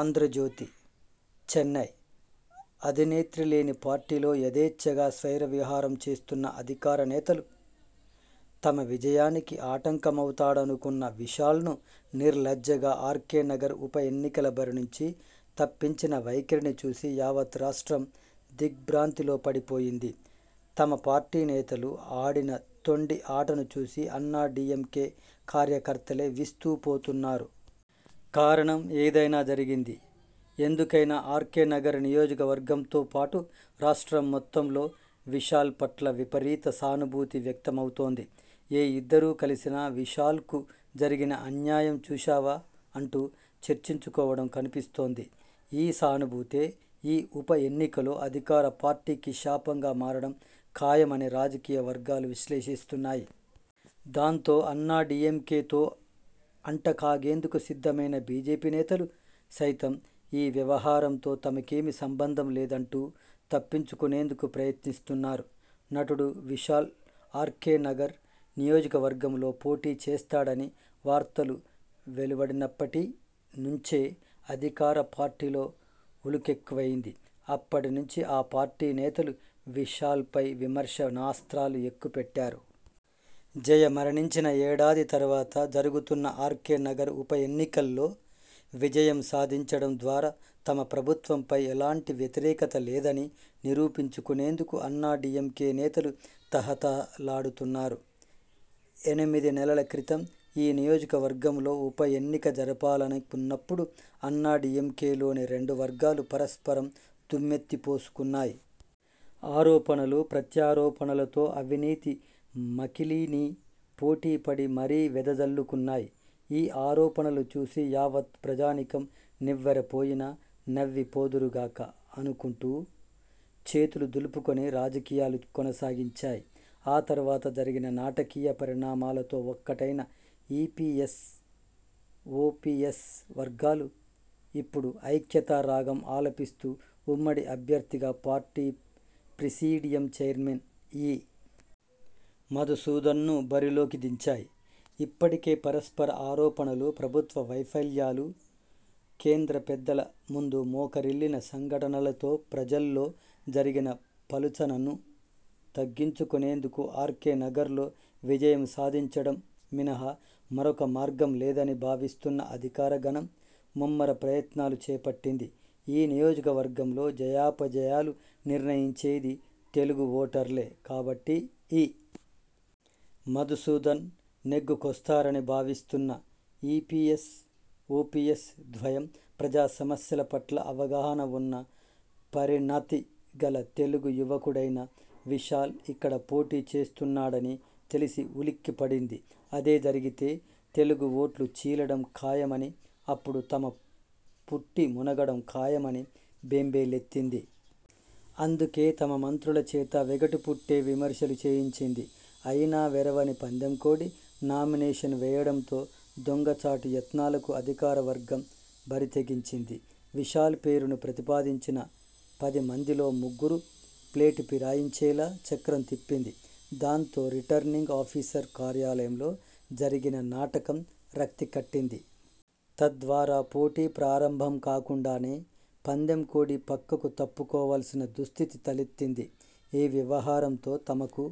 ఆంధ్రజ్యోతి, చెన్నై అధినేత్రి లేని పార్టీలో యధేచ్ఛగా స్వైర విహారం చేస్తున్న అధికార నేతలు, తమ విజయానికి ఆటంకమవుతాడనుకున్న విశాల్ను నిర్లజ్జగా ఆర్కే నగర్ ఉప ఎన్నికల బరి నుంచి తప్పించిన వైఖరిని చూసి యావత్ రాష్ట్రం దిగ్ర్భాంతిలో పడి పోయింది. తమ పార్టీ నేతలు ఆడిన తొండి ఆటను చూసి అన్నాడీఎంకే కార్య కర్తలే విస్తు పోతున్నారు. కారణం ఏదైనా, జరిగింది ఎందు కైనా ఆర్కే నగర్ నియోజక వర్గంతో పాటు రాష్ట్రం మొత్తం లో విశాల్ పట్ల విపరీత సానుభూతి వ్యక్త మవుతోంది. ఏ ఇద్దరు కలిసినా విశాల్కు జరిగిన అన్యాయం చూశావా? అంటూ చర్చించు కోవడం కనిపిస్తోంది. ఈ సానుభూతే ఈ ఉప ఎన్నికలో అధికార పార్టీకి శాపంగా మారడం ఖాయమని రాజకీయ వర్గాలు విశ్లేషిస్తున్నాయి. దాంతో అన్నా డీఎంకేతో అంట కాగేందుకు సిద్ధమైన బీజేపీ నేతలు సైతం ఈ వ్యవహారంతో తమకేమీ సంబంధం లేదంటూ తప్పించు కునేందుకు ప్రయత్నిస్తున్నారు. నటుడు విశాల్ ఆర్కే నగర్ నియోజక వర్గంలో పోటీ చేస్తాడని వార్తలు వెలు వడినప్పటి నుంచే అధికార పార్టీలో ఉలుకెక్కువైంది. అప్పటి నుంచి ఆ పార్టీ నేతలు విశాల్పై విమర్శ నాస్త్రాలు ఎక్కు పెట్టారు. జయ మరణించిన ఏడాది తరువాత జరు గుతున్న ఆర్కే నగర్ ఉప ఎన్నికల్లో విజయం సాధించడం ద్వారా తమ ప్రభుత్వం పై ఎలాంటి వ్యతిరేకత లేదని నిరూపించు కునేందుకు అన్నా డీఎంకే నేతలు తహతహ లాడుతున్నారు. ఎనిమిది నెలల క్రితం ఈ నియోజక వర్గంలో ఉప ఎన్నిక జరపాలను కున్నప్పుడు అన్నా డీఎంకే లోని రెండు వర్గాలు పరస్పరం దుమ్మెత్తిపోసు కున్నాయి. ఆరోపణలు, ప్రత్యా రోపణలతో 'అవినీతి మకిలీ'ని పోటీపడి మరీ వెద జల్లు కున్నాయి. ఈ ఆరోపణలు చూసి యావత్ ప్రజానీకం నివ్వెర పోయినా, నవ్వి పోదురుగాక! అనుకుంటూ చేతులు దులుపుకుని రాజకీయాలు కొనసాగించాయి. ఆ తరువాత జరిగిన నాటకీయ పరిణామాలతో ఒక్కటైన ఈపీఎస్, ఓపీఎస్ వర్గాలు ఇప్పుడు ఐక్యతా రాగం ఆలపిస్తూ, ఉమ్మడి అభ్యర్థిగా పార్టీ ప్రిసీడియం చైర్మన్ ఇ. మధుసూదన్ను బరిలోకి దించాయి. ఇప్పటికే పరస్పర ఆరోపణలు, ప్రభుత్వ వైఫల్యాలు, కేంద్ర పెద్దల, ముందు మోకరిల్లిన సంఘటనలతో ప్రజల్లో జరిగిన పలుచనను తగ్గించు కునేందుకు ఆర్కే నగర్లో విజయం సాధించడం మినహా మరొక మార్గం లేదని భావిస్తున్న అధికార గణం, ముమ్మర ప్రయత్నాలు చేపట్టింది. ఈ నియోజక వర్గంలో జయాపజయాలు నిర్ణయించేది తెలుగు ఓటర్లే కాబట్టి ఇ. మధుసూదన్ నెగ్గుకొస్తారని భావిస్తున్న ఈపీఎస్ ఓపీఎస్ ధ్వయం, ప్రజా సమస్యల పట్ల అవగాహన వున్న పరిణతి గల తెలుగు యువకుడైన విశాల్ ఇక్కడ పోటీ చేస్తున్నాడని తెలిసి ఉలిక్కి పడింది. అదే జరిగితే తెలుగు ఓట్లు చీలడం ఖాయమని, అప్పుడు తమ పుట్టి మునగడం ఖాయమని బెంబే లెత్తింది. అందుకే తమ మంత్రుల చేత వెగటు పుట్టే విమర్శలు చేయించింది. అయినా వెరవని 'పందెం కోడి' నామినేషన్ వేయడంతో 'దొంగ చాటు' యత్నాలకు అధికార వర్గం బరి తెగించింది. విశాల్ పేరును ప్రతి పాదించిన పది మందిలో ముగ్గురు ప్లేటు ఫిరాయించేలా చక్రం తిప్పింది. దాంతో రిటర్నింగ్ ఆఫీసర్ కార్యాలయంలో జరిగిన 'నాటకం' రక్తి కట్టింది. తద్వారా పోటీ ప్రారంభం కాకుండానే పందెం కోడి పక్కకు తప్పు కోవాల్సిన దుస్థితి తలెత్తింది. ఈ వ్యవహారంతో తమకు